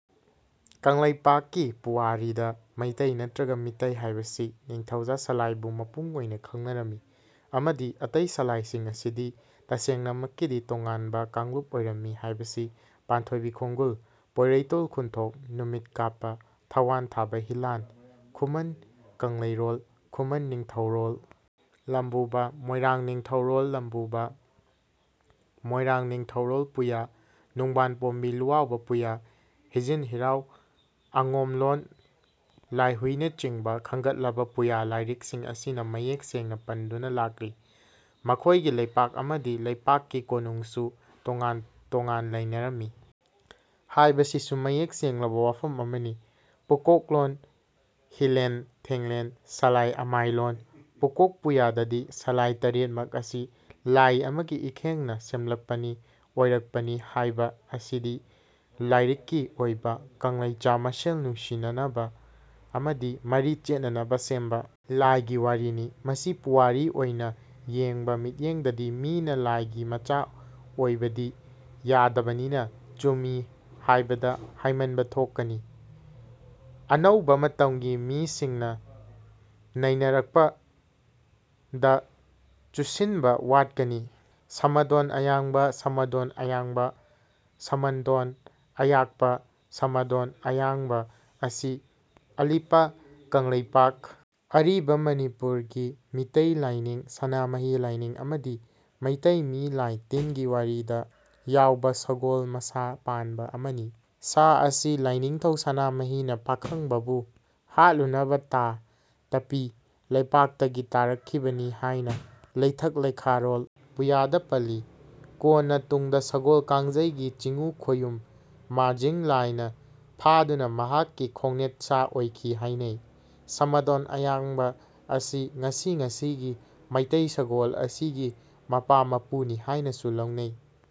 ꯀꯪꯂꯩꯄꯥꯛꯀꯤ ꯄꯨꯋꯥꯔꯤꯗ ꯃꯩꯇꯩ ꯅꯠꯇ꯭ꯔꯒ ꯃꯤꯇꯩ ꯍꯥꯢꯕꯁꯤ ꯅꯤꯡꯊꯧꯖꯥ ꯁꯂꯥꯢꯕꯨ ꯃꯄꯨꯡ ꯑꯣꯢꯅ ꯈꯪꯅꯔꯝꯃꯤ꯫ ꯑꯃꯗꯤ ꯑꯇꯩ ꯁꯂꯥꯢ ꯁꯤꯡ ꯑꯁꯤꯗꯤ ꯇꯁꯦꯡꯕꯃꯛꯀꯤꯗꯤ ꯇꯣꯉꯥꯟꯕ ꯀꯥꯡꯂꯨꯞ ꯑꯣꯢꯔꯝꯃꯤ ꯍꯥꯏꯕꯁꯤ ꯄꯥꯟꯊꯣꯢꯕꯤ ꯈꯣꯡꯒꯨꯜ, ꯄꯣꯢꯔꯩꯇꯣꯟ ꯈꯨꯟꯊꯣꯛꯄ, ꯅꯨꯃꯤꯠ ꯀꯥꯞꯄ, ꯊꯋꯥꯟꯊꯥꯕ ꯍꯤꯂꯥꯟ, ꯈꯨꯃꯟ ꯀꯪꯂꯩꯔꯣꯜ, ꯈꯨꯃꯟ ꯅꯤꯡꯊꯧꯔꯣꯜ ꯂꯝꯕꯨꯕ, ꯃꯣꯢꯔꯥꯡ ꯅꯤꯡꯊꯧꯔꯣꯜ ꯂꯝꯕꯨꯕ, ꯃꯣꯢꯔꯥꯡ ꯅꯤꯡꯊꯧꯔꯣꯜ ꯄꯨꯌꯥ, ꯅꯣꯡꯄꯥꯟ ꯄꯣꯝꯄꯤ ꯂꯨꯋꯥꯎꯄ ꯄꯨꯌꯥ, ꯍꯤꯆꯟ ꯍꯤꯂꯥꯎ, ꯑꯉꯣꯝꯂꯣꯟ ꯂꯥꯢꯍꯨꯢ ꯅꯆꯤꯡꯕ ꯈꯟꯒꯠꯂꯕ ꯄꯨꯌꯥ ꯂꯥꯢꯔꯤꯛꯁꯤꯡ ꯑꯁꯤꯅ ꯃꯌꯦꯛ ꯁꯦꯡꯅ ꯄꯟꯗꯨꯅ ꯂꯥꯛꯂꯤ꯫ ꯃꯈꯣꯢꯒꯤ ꯂꯩꯄꯥꯛ ꯑꯃꯗꯤ ꯂꯩꯄꯥꯛ ꯀꯤ ꯀꯣꯅꯨꯡꯁꯨ ꯇꯣꯉꯥꯟ ꯇꯣꯉꯥꯟꯅ ꯂꯩꯔꯝꯃꯤ ꯍꯥꯢꯕꯁꯤꯁꯨ ꯃꯌꯦꯛ ꯁꯦꯡꯂꯕ ꯋꯥꯐꯝ ꯑꯃꯅꯤ꯫ ꯄꯨꯀꯣꯛꯂꯣꯟ ꯍꯤꯂꯦꯜ ꯊꯤꯂꯦꯜ ꯁꯂꯥꯏ ꯑꯃꯥꯏꯂꯣꯟ ꯄꯨꯀꯣꯛ ꯄꯨꯌꯥ ꯗꯗꯤ ꯁꯂꯥꯢ ꯇꯔꯦꯠ ꯃꯛ ꯑꯁꯤ ꯂꯥꯢ ꯑꯃꯒꯤ ꯏꯈꯦꯡꯅ ꯁꯦꯝꯂꯛꯄꯅꯤ ꯑꯣꯢꯔꯛꯄꯅꯤ ꯍꯥꯢꯕ ꯑꯁꯤꯗꯤ ꯂꯥꯢꯅꯤꯡꯒꯤ ꯑꯣꯢꯕ ꯀꯪꯂꯩꯆꯥ ꯃꯁꯦꯜ ꯅꯨꯡꯁꯤꯅꯅꯕ ꯑꯃꯗꯤ ꯃꯔꯤ ꯆꯦꯠꯁꯤꯟꯅꯅꯕ ꯁꯦꯝꯕ ꯂꯥꯢꯒꯤ ꯋꯥꯔꯤꯅꯤ꯫ ꯃꯁꯤ ꯄꯨꯋꯥꯔꯤ ꯑꯣꯢꯅ ꯌꯦꯡꯕ ꯃꯤꯠꯌꯦꯡꯗꯗꯤ ꯃꯤꯅ ꯂꯥꯢꯒꯤ ꯃꯆꯥ ꯑꯣꯢꯕꯗꯤ ꯌꯥꯗꯕꯅꯤꯅ ꯆꯨꯝꯃꯤ ꯍꯥꯢꯕꯗ ꯍꯥꯢꯃꯟꯕ ꯊꯣꯛꯀꯅꯤ꯫ ꯑꯅꯧꯕ ꯃꯇꯝꯒꯤ ꯃꯤꯁꯤꯡꯅ ꯅꯩꯅꯔꯛꯄꯗ ꯆꯨꯁꯤꯟꯅꯕ ꯋꯥꯠꯀꯅꯤ꯫ "ꯁꯃꯗꯣꯟ ꯑꯌꯥꯡꯄ" (ꯁꯃꯗꯣꯟ ꯑꯌꯥꯡꯕ, ꯁꯥꯃꯇꯣꯟ ꯑꯌꯥꯡꯄ, ꯁꯥꯃꯗꯣꯟ ꯑꯌꯥꯡꯕ) ꯑꯁꯤ ꯑꯂꯤꯄ ꯀꯪꯂꯩꯄꯥꯛ (ꯑꯔꯤꯕ ꯃꯅꯤꯄꯨꯔ) ꯒꯤ ꯃꯤꯇꯩ ꯂꯥꯢꯅꯤꯡ (ꯁꯅꯥꯃꯍꯤ ꯂꯥꯢꯅꯤꯡ) ꯑꯃꯗꯤ ꯃꯩꯇꯩ ꯃꯤ ꯂꯥꯢ ꯇꯤꯟꯒꯤ ꯋꯥꯔꯤꯗ ꯌꯥꯎꯕ ꯁꯒꯣꯜ ꯃꯁꯥ ꯄꯥꯟꯕ ꯑꯃꯅꯤ꯫ ꯁꯥ ꯑꯁꯤ ꯂꯥꯢꯅꯤꯡꯊꯧ ꯁꯅꯥꯃꯍꯤ ꯅ ꯄꯥꯈꯪꯕ ꯕꯨ ꯍꯥꯠꯂꯨꯅꯕ ꯊꯥ (ꯊꯄꯤ) ꯂꯩꯄꯥꯛꯇꯒꯤ ꯊꯥꯔꯛꯈꯤꯕꯅꯤ ꯍꯥꯢꯅ ꯂꯩꯊꯛ ꯂꯩꯈꯥꯔꯣꯜ ꯄꯨꯌꯥꯗ ꯄꯜꯂꯤ꯫ ꯀꯣꯟꯅ ꯇꯨꯡꯗ ꯁꯒꯣꯜ ꯀꯥꯡꯖꯩꯒꯤ ꯆꯤꯉꯨ ꯈꯣꯌꯨꯝ ꯃꯥꯔꯖꯤꯡ ꯂꯥꯢ ꯅ ꯐꯥꯗꯨꯅ ꯃꯍꯥꯛꯀꯤ ꯈꯣꯡꯅꯦꯠ ꯁꯥ ꯑꯣꯢꯈꯤ ꯍꯥꯢꯅꯩ꯫ ꯁꯃꯗꯣꯟ ꯑꯌꯥꯡꯄ ꯑꯁꯤ ꯉꯁꯤ ꯉꯁꯤꯒꯤ ꯃꯩꯇꯩ ꯁꯒꯣꯜ ꯑꯁꯤꯒꯤ ꯃꯄꯥ ꯃꯄꯨ ꯅꯤ ꯍꯥꯢꯅꯁꯨ ꯂꯧꯅꯩ꯫